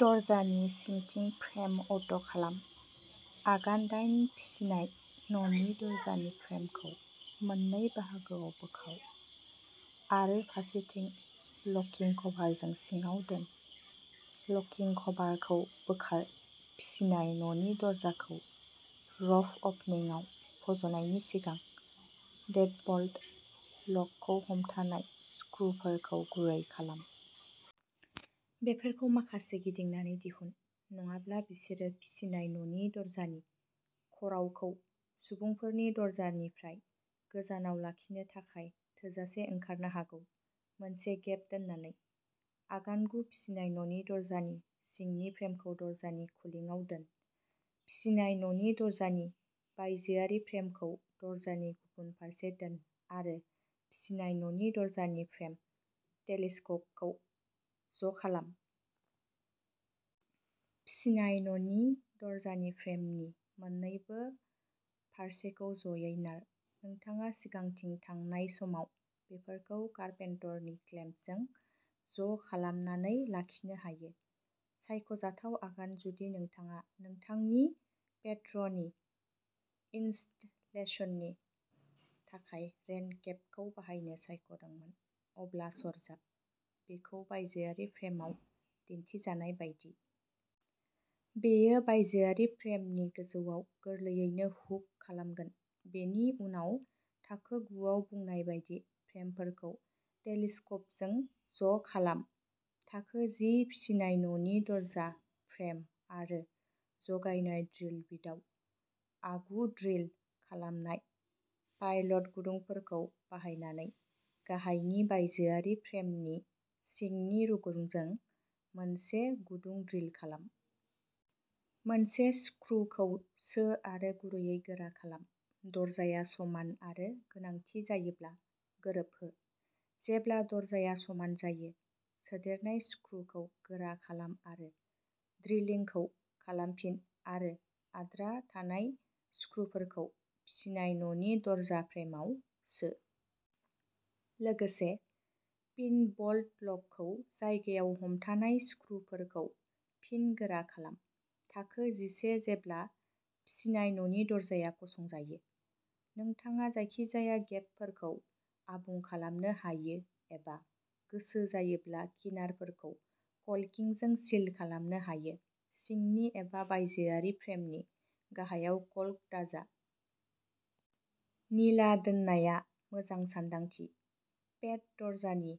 दरजानि सिंथिं'फ्रेम आउट' खालाम। आगान दायेन फिसिनाय न'नि दरजानि फ्रेमखौ मोननै बाहागोआव बोखाव आरो फारसेथिं लकिं कभारजों सिङाव दोन। लकिं कभारखौ बोखार। फिसिनाय न'नि दरजाखौ र'फ ओपनिंआव फज'नायनि सिगां, डेडबल्ट लकखौ हमथानाय स्क्रुफोरखौ गुरै खालाम। बेफोरखौ माखासे गिदिंनानै दिहुन, नङाब्ला बिसोरो फिसिनाय न'नि दरजानि ख'रावखौ सुबुंफोरनि दरजानिफ्राय गोजानाव लाखिनो थाखाय थोजासे ओंखारनो हागौ, मोनसे गेप दोननानै। आगान गु फिसिनाय न'नि दरजानि सिंनि फ्रेमखौ दरजानि खुलिङाव दोन। फिसिनाय न'नि दरजानि बायजोआरि फ्रेमखौ दरजानि गुबुन फारसे दोन आरो फिसिनाय न'नि दरजानि फ्रेम टेलिस्क'पखौ ज'खालाम। फिसिनाय न'नि दरजानि फ्रेमनि मोन्नैबो फारसेखौ ज'यै नार। नोंथाङा सिगांथिं थांनाय समाव बेफोरखौ कारपेंटरनि क्लेम्पजों ज'खालामनानै लाखिनो हायो। सायख'जाथाव आगान जुदि नोंथाङा नोंथांनि पेटर'नि इनस्टलेशननि थाखाय रेन केपखौ बाहायनो सायख'दोंमोन, अब्ला सरजाब। बेखौ बायजोआरि फ्रेमआव दिन्थिजानाय बायदि। बेयो बायजोआरि फ्रेमनि गोजौआव गोरलैयैनो हुक खालामगोन। बेनि उनाव थाखो गु आव बुंनाय बायदि फ्रेमफोरखौ टेलिस्क'पजों ज'खालाम। थाखो जि फिसिनाय न'नि दरजा फ्रेम आरो जगायजानाय ड्रिल बिटआव आगु-ड्रिल खालामनाय पाइलट गुदुंफोरखौ बाहायनानै, गाहायनि बायजोआरि फ्रेमनि सिंनि रुगुंजों मोनसे गुदुं ड्रिल खालाम। मोनसे स्क्रूखौ सो आरो गुरैयै गोरा खालाम। दरजाया समान आरो गोनांथि जायोब्ला गोरोबहो। जेब्ला दरजाया समान जायो, सोदेरनाय स्क्रूखौ गोरा खालाम आरो ड्रिलिंखौ खालामफिन आरो आद्रा थानाय स्क्रूफोरखौ फिसिनाय न'नि दरजा फ्रेमआव सो। लोगोसे, पिन बल्ट लकखौ जायगायाव हमथानाय स्क्रूफोरखौ फिन गोरा खालाम। थाखो जिसे जेब्ला फिसिनाय न'नि दरजाया फसंजायो, नोंथाङा जायखिजाया गेबफोरखौ आबुं खालामनो हायो एबा गोसो जायोब्ला किनारफोरखौ कल्किंजों सिल खालामनो हायो। सिंनि एबा बायजोआरि फ्रेमनि गाहायाव कल्क दाजा। निला दोननाया मोजां सानदांथि। पेट दरजानि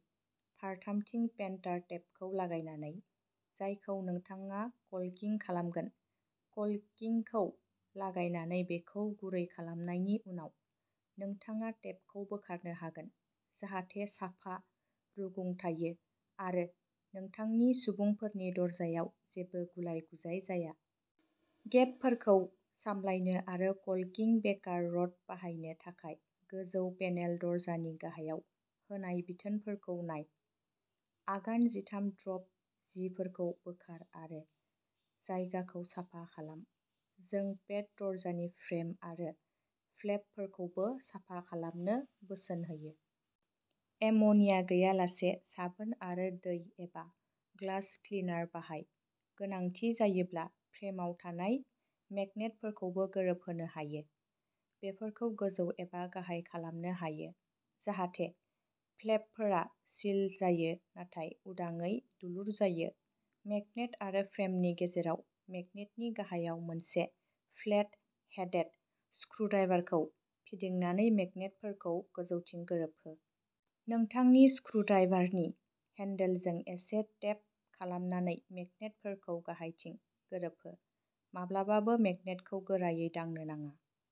फारथामथिं पेन्टार टेपखौ लागायनानै, जायखौ नोंथाङा कल्किं खालामगोन। कल्किंखौ लागायनानै बेखौ गुरै खालामनायनि उनाव, नोंथाङा टेपखौ बोखारनो हागोन जाहाथे साफा रुगुं थायो आरो नोंथांनि सुबुंफोरनि दरजायाव जेबो गुलाय-गुजाय जाया। गेपफोरखौ सामलायनो आरो कल्किं बेकार रड बाहायनो थाखाय गोजौ पेनेल दरजा नि गाहायाव होनाय बिथोनफोरखौ नाय। आगान जिथाम ड्रप जिफोरखौ बोखार आरो जायगाखौ साफा खालाम। जों पेट दरजानि फ्रेम आरो फ्लेपफोरखौबो साफा खालामनो बोसोन होयो। एमोनिया गैयालासे साबोन आरो दै एबा ग्लास क्लिनार बाहाय। गोनांथि जायोब्ला फ्रेमआव थानाय मैग्नेटफोरखौबो गोरोबहोनो हायो। बेफोरखौ गोजौ एबा गाहाय खालामनो हायो जाहाथे फ्लेपफोरा सिल जायो नाथाय उदाङै दुलुर जायो। मैग्नेट आरो फ्रेमनि गेजेराव मैग्नेटनि गाहायाव मोनसे फ्लेट हेडेड स्क्रुद्राइभारखौ फिदिंनानै मैग्नेटफोरखौ गोजौथिं गोरोबहो। नोंथांनि स्क्रुद्राइभारनि हेन्डेलजों एसे टेप खालामनानै मैग्नेटफोरखौ गाहायथिं गोरोबहो। माब्लाबाबो मेगनेटखौ गोरायै दांनो नाङा।